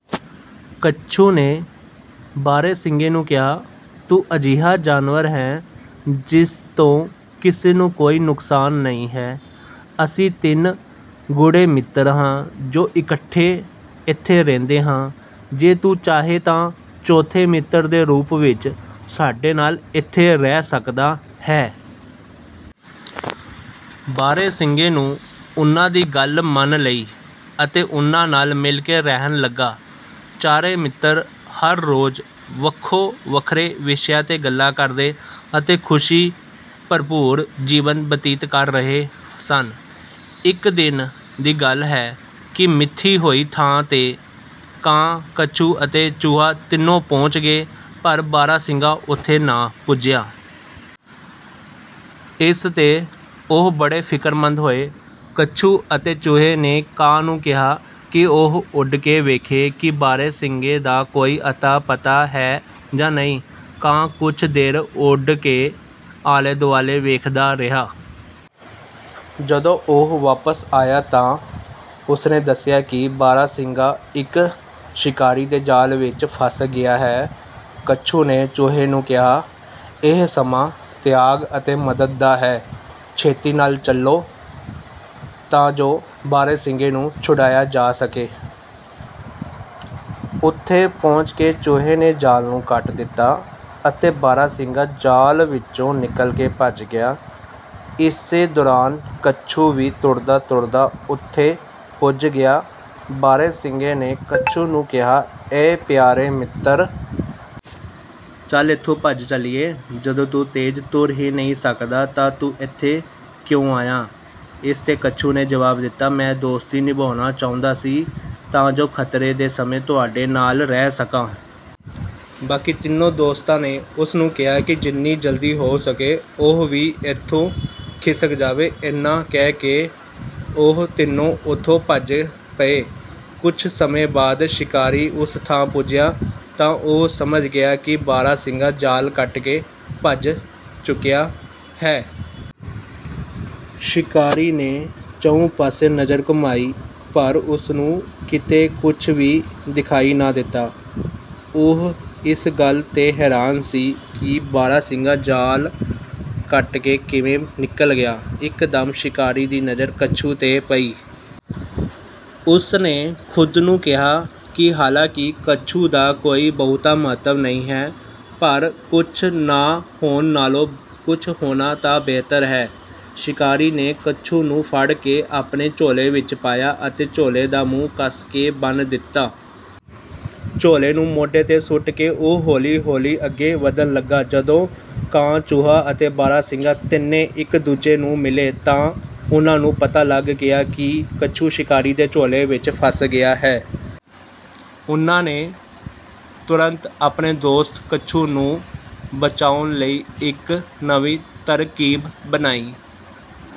ਕੱਛੂ ਨੇ ਬਾਰਾਂਸਿੰਗੇ ਨੂੰ ਕਿਹਾ, "ਤੂੰ ਅਜਿਹਾ ਜਾਨਵਰ ਹੈਂ ਜਿਸ ਤੋਂ ਕਿਸੇ ਨੂੰ ਕੋਈ ਨੁਕਸਾਨ ਨਹੀਂ ਹੈ। ਅਸੀਂ ਤਿੰਨ ਗੂੜ੍ਹੇ ਮਿੱਤਰ ਹਾਂ ਜੋ ਇਕੱਠੇ ਇੱਥੇ ਰਹਿੰਦੇ ਹਾਂ। ਜੇ ਤੂੰ ਚਾਹੇਂ ਤਾਂ ਚੌਥੇ ਮਿੱਤਰ ਦੇ ਰੂਪ ਵਿੱਚ ਸਾਡੇ ਨਾਲ ਇੱਥੇ ਰਹਿ ਸਕਦਾ ਹੈਂ।" ਬਾਰਾਂਸਿੰਗੇ ਨੇ ਉਨ੍ਹਾਂ ਦੀ ਗੱਲ ਮੰਨ ਲਈ ਅਤੇ ਉਨ੍ਹਾਂ ਨਾਲ ਮਿਲ ਕੇ ਰਹਿਣ ਲੱਗਾ। ਚਾਰੇ ਮਿੱਤਰ ਹਰ ਰੋਜ਼ ਵੱਖੋ ਵੱਖਰੇ ਵਿਸ਼ਿਆਂ 'ਤੇ ਗੱਲਾਂ ਕਰਦੇ ਅਤੇ ਖ਼ੁਸ਼ੀ ਭਰਪੂਰ ਜੀਵਨ ਬਤੀਤ ਕਰ ਰਹੇ ਸਨ। ਇੱਕ ਦਿਨ ਦੀ ਗੱਲ ਹੈ ਕਿ ਮਿਥੀ ਹੋਈ ਥਾਂ 'ਤੇ ਕਾਂ, ਕੱਛੂ ਅਤੇ ਚੂਹਾ ਤਿੰਨੋਂ ਪਹੁੰਚ ਗਏ, ਪਰ ਬਾਰਾਂਸਿੰਗਾ ਉੱਥੇ ਨਾ ਪੁੱਜਿਆ। ਇਸ 'ਤੇ ਉਹ ਬੜੇ ਫ਼ਿਕਰਮੰਦ ਹੋਏ। ਕੱਛੂ ਅਤੇ ਚੂਹੇ ਨੇ ਕਾਂ ਨੂੰ ਕਿਹਾ ਕਿ ਉਹ ਉੱਡ ਕੇ ਵੇਖੇ ਕਿ ਬਾਰਾਂਸਿੰਗੇ ਦਾ ਕੋਈ ਅਤਾ-ਪਤਾ ਹੈ ਜਾਂ ਨਹੀਂ। ਕਾਂ ਕੁਝ ਦੇਰ ਉੱਡ ਕੇ ਆਲੇ-ਦੁਆਲੇ ਵੇਖਦਾ ਰਿਹਾ। ਜਦੋਂ ਉਹ ਵਾਪਸ ਆਇਆ ਤਾਂ ਉਸ ਨੇ ਦੱਸਿਆ ਕਿ ਬਾਰਾਂਸਿੰਗਾ ਇੱਕ ਸ਼ਿਕਾਰੀ ਦੇ ਜਾਲ ਵਿੱਚ ਫੱਸ ਗਿਆ ਹੈ। ਕੱਛੂ ਨੇ ਚੂਹੇ ਨੂੰ ਕਿਹਾ, "ਇਹ ਸਮਾਂ ਤਿਆਗ ਅਤੇ ਮਦਦ ਦਾ ਹੈ। ਛੇਤੀ ਨਾਲ ਚੱਲੋ ਤਾਂ ਜੋ ਬਾਰਾਂਸਿੰਗੇ ਨੂੰ ਛੁਡਵਾਇਆ ਜਾ ਸਕੇ।" ਉੱਥੇ ਪਹੁੰਚ ਕੇ ਚੂਹੇ ਨੇ ਜਾਲ ਨੂੰ ਕੱਟ ਦਿੱਤਾ ਅਤੇ ਬਾਰਾਂਸਿੰਗਾ ਜਾਲ ਵਿੱਚੋਂ ਨਿਕਲ ਕੇ ਭੱਜ ਗਿਆ। ਇਸੇ ਦੌਰਾਨ ਕੱਛੂ ਵੀ ਤੁਰਦਾ-ਤੁਰਦਾ ਉੱਥੇ ਪੁੱਜ ਗਿਆ। ਬਾਰਾਂਸਿੰਗੇ ਨੇ ਕੱਛੂ ਨੂੰ ਕਿਹਾ, "ਐ ਪਿਆਰੇ ਮਿੱਤਰ! ਚੱਲ ਇੱਥੋਂ ਭੱਜ ਚੱਲੀਏ। ਜਦੋਂ ਤੂੰ ਤੇਜ਼ ਤੁਰ ਹੀ ਨਹੀਂ ਸਕਦਾ ਤਾਂ ਤੂੰ ਇੱਥੇ ਕਿਉਂ ਆਇਆ?" ਇਸ 'ਤੇ ਕੱਛੂ ਨੇ ਜਵਾਬ ਦਿੱਤਾ, "ਮੈਂ ਦੋਸਤੀ ਨਿਭਾਉਣਾ ਚਾਹੁੰਦਾ ਸੀ ਤਾਂ ਜੋ ਖ਼ਤਰੇ ਦੇ ਸਮੇਂ ਤੁਹਾਡੇ ਨਾਲ ਰਹਿ ਸਕਾਂ।" ਬਾਕੀ ਤਿੰਨੋਂ ਦੋਸਤਾਂ ਨੇ ਉਸ ਨੂੰ ਕਿਹਾ ਕਿ ਜਿੰਨੀ ਜਲਦੀ ਹੋ ਸਕੇ ਉਹ ਵੀ ਇੱਥੋਂ ਖਿਸਕ ਜਾਵੇ। ਇੰਨਾ ਕਹਿ ਕੇ ਉਹ ਤਿੰਨੇ ਉੱਥੋਂ ਭੱਜ ਪਏ। ਕੁਝ ਸਮੇਂ ਬਾਅਦ ਸ਼ਿਕਾਰੀ ਉਸ ਥਾਂ ਪੁੱਜਿਆ ਤਾਂ ਉਹ ਸਮਝ ਗਿਆ ਕਿ ਬਾਰਾਂਸਿੰਗਾ ਜਾਲ ਕੱਟ ਕੇ ਭੱਜ ਚੁੱਕਾ ਹੈ। ਸ਼ਿਕਾਰੀ ਨੇ ਚਹੁੰ ਪਾਸੇ ਨਜ਼ਰ ਘੁਮਾਈ, ਪਰ ਉਸ ਨੂੰ ਕਿਤੇ ਕੁਝ ਵੀ ਦਿਖਾਈ ਨਾ ਦਿੱਤਾ। ਉਹ ਇਸ ਗੱਲ 'ਤੇ ਹੈਰਾਨ ਸੀ ਕਿ ਬਾਰਾਂਸਿੰਗਾ ਜਾਲ ਕੱਟ ਕੇ ਕਿਵੇਂ ਨਿਕਲ ਗਿਆ। ਇਕਦਮ ਸ਼ਿਕਾਰੀ ਦੀ ਨਜ਼ਰ ਕੱਛੂ 'ਤੇ ਪਈ। ਉਸ ਨੇ ਖ਼ੁਦ ਨੂੰ ਕਿਹਾ ਕਿ ਹਾਲਾਂਕਿ ਕੱਛੂ ਦਾ ਕੋਈ ਬਹੁਤਾ ਮਹੱਤਵ ਨਹੀਂ ਹੈ, ਪਰ ਕੁਝ ਨਾ ਹੋਣ ਨਾਲੋਂ ਕੁਝ ਹੋਣਾ ਤਾਂ ਬਿਹਤਰ ਹੈ। ਸ਼ਿਕਾਰੀ ਨੇ ਕੱਛੂ ਨੂੰ ਫੜ ਕੇ ਆਪਣੇ ਝੋਲੇ ਵਿੱਚ ਪਾਇਆ ਅਤੇ ਝੋਲੇ ਦਾ ਮੂੰਹ ਕੱਸ ਕੇ ਬੰਨ੍ਹ ਦਿੱਤਾ। ਝੋਲੇ ਨੂੰ ਮੋਢੇ 'ਤੇ ਸੁੱਟ ਕੇ ਉਹ ਹੌਲੀ-ਹੌਲੀ ਅੱਗੇ ਵਧਣ ਲੱਗਾ। ਜਦੋਂ ਕਾਂ, ਚੂਹਾ ਅਤੇ ਬਾਰਾਂਸਿੰਗਾ ਤਿੰਨੇ ਇੱਕ-ਦੂਜੇ ਨੂੰ ਮਿਲੇ, ਤਾਂ ਉਨ੍ਹਾਂ ਨੂੰ ਪਤਾ ਲੱਗਾ ਕਿ ਕੱਛੂ ਸ਼ਿਕਾਰੀ ਦੇ ਝੋਲੇ ਵਿੱਚ ਫਸ ਗਿਆ ਹੈ। ਉਨ੍ਹਾਂ ਨੇ ਤੁਰੰਤ ਆਪਣੇ ਦੋਸਤ ਕੱਛੂ ਨੂੰ ਬਚਾਉਣ ਲਈ ਇੱਕ ਨਵੀਂ ਤਰਕੀਬ ਬਣਾਈ।